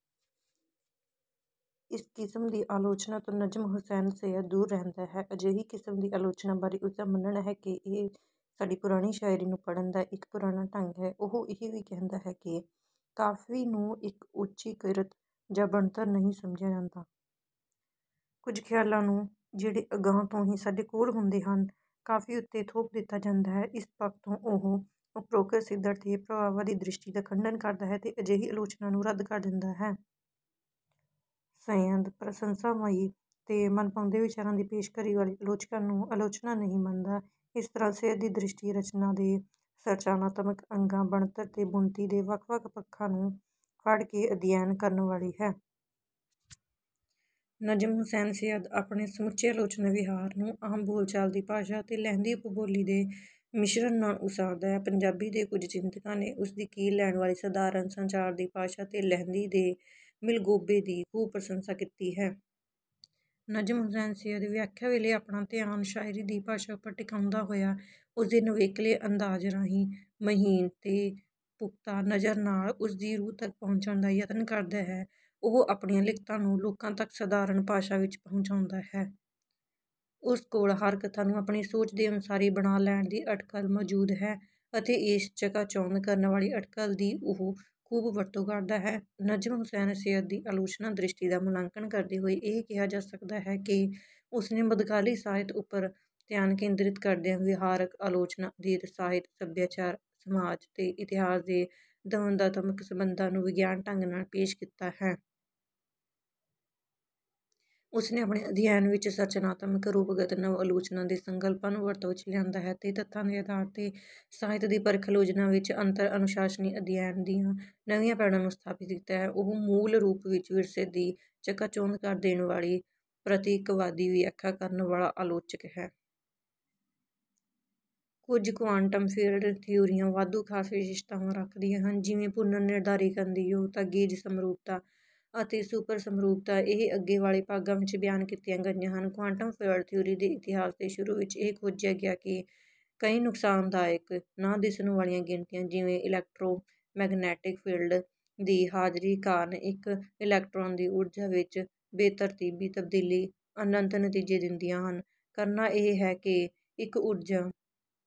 ਇਸ ਕਿਸਮ ਦੀ ਆਲੋਚਨਾ ਤੋਂ ਨਜਮ ਹੁਸੈਨ ਸੱਯਦ ਦੂਰ ਰਹਿੰਦਾ ਹੈ। ਅਜਿਹੀ ਕਿਸਮ ਦੀ ਆਲੋਚਨਾ ਬਾਰੇ ਉਸਦਾ ਮੰਨਣਾ ਹੈ ਕਿ, ਇਹ ਸਾਡੀ ਪੁਰਾਣੀ ਸ਼ਾਇਰੀ ਨੂੰ ਪੜ੍ਹਨ ਦਾ ਇੱਕ ਪੁਰਾਣਾ ਢੰਗ ਹੈ। ਉਹ ਇਹ ਵੀ ਕਹਿੰਦਾ ਹੈ ਕਿ ਕਾਫ਼ੀ ਨੂੰ ਇੱਕ ਉੱਚੀ ਕਿਰਤ ਜਾਂ ਬਣਤਰ ਨਹੀਂ ਸਮਝਿਆ ਜਾਂਦਾ। ਕੁਝ ਖਿਆਲਾਂ ਨੂੰ, ਜਿਹੜੇ ਅਗਾਂ ਤੋਂ ਹੀ ਸਾਡੇ ਕੋਲ ਹੁੰਦੇ ਹਨ, ਕਾਫ਼ੀ ਉੱਤੇ ਥੋਪ ਦਿੱਤਾ ਜਾਂਦਾ ਹੈ। ਇਸ ਪੱਖ ਤੋਂ ਉਹ ਉਪਰੋਕਤ ਸਿੱਧੜ ਤੇ ਪ੍ਰਭਾਵਾਦੀ ਦ੍ਰਿਸ਼ਟੀ ਦਾ ਖੰਡਨ ਕਰਦਾ ਹੈ ਤੇ ਅਜਿਹੀ ਆਲੋਚਨਾ ਨੂੰ ਰੱਦ ਕਰ ਦਿੰਦਾ ਹੈ। ਸੱਯਦ ਪ੍ਰਸੰਸਾਮਈ ਤੇ ਮਨਭਾਉਂਦੇ ਵਿਚਾਰਾਂ ਦੀ ਪੇਸ਼ਕਾਰੀ ਵਾਲੀ ਆਲੋਚਨਾ ਨੂੰ ਆਲੋਚਨਾ ਨਹੀਂ ਮੰਨਦਾ। ਇਸ ਤਰ੍ਹਾਂ ਸੱਯਦ ਦੀ ਦ੍ਰਿਸ਼ਟੀ ਰਚਨਾ ਦੇ ਸੰਰਚਨਾਤਮਕ ਅੰਗਾਂ, ਬਣਤਰ ਤੇ ਬੁਣਤੀ ਦੇ ਵੱਖ-ਵੱਖ ਪੱਖਾਂ ਨੂੰ ਫੜ੍ਹ ਕੇ ਅਧਿਐਨ ਕਰਨ ਵਾਲੀ ਹੈ। ਨਜਮ ਹੁਸੈਨ ਸੱਯਦ ਆਪਣੇ ਸਮੁੱਚੇ ਆਲੋਚਨਾ ਵਿਹਾਰ ਨੂੰ ਆਮ ਬੋਲ-ਚਾਲ ਦੀ ਭਾਸ਼ਾ ਅਤੇ ਲਹਿੰਦੀ ਉਪਬੋਲੀ ਦੇ ਮਿਸ਼ਰਨ ਨਾਲ ਉਸਾਰਦਾ ਹੈ। ਪੰਜਾਬੀ ਦੇ ਕੁਝ ਚਿੰਤਕਾਂ ਨੇ ਉਸ ਦੀ ਕੀਲ ਲੈਣ ਵਾਲੀ ਸਧਾਰਨ ਸੰਚਾਰ ਦੀ ਭਾਸ਼ਾ ਤੇ ਲਹਿੰਦੀ ਦੇ ਮਿਲਗੋਭੇ ਦੀ ਖੂਬ ਪ੍ਰਸੰਸਾ ਕੀਤੀ ਹੈ। ਨਜਮ ਹੁਸੈਨ ਸੱਯਦ ਵਿਆਖਿਆ ਵੇਲੇ ਆਪਣਾ ਧਿਆਨ ਸ਼ਾਇਰੀ ਦੀ ਭਾਸ਼ਾ ਉੱਪਰ ਟਿਕਾਉਂਦਾ ਹੋਇਆ, ਉਸਦੇ ਨਵੇਕਲੇ ਅੰਦਾਜ਼ ਰਾਹੀਂ, ਮਹੀਨ ਤੇ ਪੁਖਤਾ ਨਜ਼ਰ ਨਾਲ, ਉਸ ਦੀ ਰੂਹ ਤੱਕ ਪਹੁੰਚਣ ਦਾ ਯਤਨ ਕਰਦਾ ਹੈ। ਉਹ ਆਪਣੀਆਂ ਲਿਖਤਾਂ ਨੂੰ ਲੋਕਾਂ ਤੱਕ ਸਾਧਾਰਨ ਭਾਸ਼ਾ ਵਿੱਚ ਪਹੁੰਚਾਉਂਦਾ ਹੈ। ਉਸ ਕੋਲ ਹਰ ਕਥਾ ਨੂੰ ਆਪਣੀ ਸੋਚ ਦੇ ਅਨੁਸਾਰੀ ਬਣਾ ਲੈਣ ਦੀ ਅਟਕਲ ਮੌਜੂਦ ਹੈ, ਅਤੇ ਇਸ ਚਕਾਚੌਂਧ ਕਰਨ ਵਾਲੀ ਅਟਕਲ ਦੀ ਉਹ ਖੂਬ ਵਰਤੋਂ ਕਰਦਾ ਹੈ। ਨਜਮ ਹੁਸੈਨ ਸੱਯਦ ਦੀ ਆਲੋਚਨਾ ਦ੍ਰਿਸ਼ਟੀ ਦਾ ਮੁਲਾਂਕਣ ਕਰਦੇ ਹੋਏ ਇਹ ਕਿਹਾ ਜਾ ਸਕਦਾ ਹੈ ਕਿ ਉਸਨੇ ਮੱਧਕਾਲੀ ਸਾਹਿਤ ਉੱਪਰ ਧਿਆਨ ਕੇਂਦਰਿਤ ਕਰਦਿਆਂ ਵਿਹਾਰਕ ਆਲੋਚਨਾ ਅਧੀਨ ਸਾਹਿਤ, ਸਭਿਆਚਾਰ, ਸਮਾਜ ਤੇ ਇਤਿਹਾਸ ਦੇ ਦਵੰਦਾਤਮਕ ਸੰਬੰਧਾਂ ਨੂੰ ਵਿਗਿਆਨਕ ਢੰਗ ਨਾਲ ਪੇਸ਼ ਕੀਤਾ ਹੈ। ਉਸਨੇ ਆਪਣੇ ਅਧਿਐਨ ਵਿੱਚ ਸੰਰਚਨਾਤਮਕ, ਰੂਪਗਤ, ਨਵ-ਆਲੋਚਨਾ ਦੇ ਸੰਕਲਪਾਂ ਨੂੰ ਵਰਤੋਂ ਵਿੱਚ ਲਿਆਂਦਾ ਹੈ ਤੇ ਤੱਥਾਂ ਦੇ ਆਧਾਰ ਤੇ ਸਾਹਿਤ ਦੀ ਪਰਖ-ਆਲੋਚਨਾ ਵਿੱਚ ਅੰਤਰ-ਅਨੁਸ਼ਾਸਨੀ ਅਧਿਐਨ ਦੀਆਂ ਨਵੀਆਂ ਪੈੜਾਂ ਨੂੰ ਸਥਾਪਿਤ ਕੀਤਾ ਹੈ। ਉਹ ਮੂਲ ਰੂਪ ਵਿੱਚ ਵਿਰਸੇ ਦੀ ਚਕਾਚੌਂਧ ਕਰ ਦੇਣ ਵਾਲੀ ਪ੍ਰਤੀਕਵਾਦੀ ਵਿਆਖਿਆ ਕਰਨ ਵਾਲਾ ਆਲੋਚਕ ਹੈ। ਕੁਝ ਕੁਆਂਟਮ ਫੀਲਡ ਥਿਊਰੀਆਂ, ਵਾਧੂ ਖਾਸ ਵਿਸ਼ੇਸ਼ਤਾਵਾਂ ਰੱਖਦੀਆਂ ਹਨ, ਜਿਵੇਂ ਪੁਨਰ-ਨਿਰਧਾਰੀਕਰਨ ਦੀ ਯੋਗਤਾ, ਗੇਜ ਸਮਰੂਪਤਾ, ਅਤੇ ਸੁਪਰ ਸਮਰੂਪਤਾ। ਇਹ ਅੱਗੇ ਵਾਲੇ ਭਾਗਾਂ ਵਿੱਚ ਬਿਆਨ ਕੀਤੀਆਂ ਗਈਆਂ ਹਨ। ਕੁਆਂਟਮ ਫੀਲਡ ਥਿਊਰੀ ਦੇ ਇਤਿਹਾਸ ਦੇ ਸ਼ੁਰੂ ਵਿੱਚ, ਇਹ ਖੋਜਿਆ ਗਿਆ ਕਿ ਕਈ ਨੁਕਸਾਨਦਾਇਕ ਨਾ ਦਿਸਣ ਵਾਲੀਆਂ ਗਿਣਤੀਆਂ, ਜਿਵੇਂ ਇਲੈਕਟ੍ਰੋਮੈਗਨੈਟਿਕ ਫੀਲਡ ਦੀ ਹਾਜ਼ਰੀ ਕਾਰਨ ਇੱਕ ਇਲੈਕਟ੍ਰੋਨ ਦੀ ਊਰਜਾ ਵਿੱਚ ਬੇਤਰਤੀਬੀ ਤਬਦੀਲੀ, ਅਨੰਤ ਨਤੀਜੇ ਦਿੰਦੀਆਂ ਹਨ। ਕਰਨਾ ਇਹ ਹੈ ਕਿ ਇੱਕ ਊਰਜਾ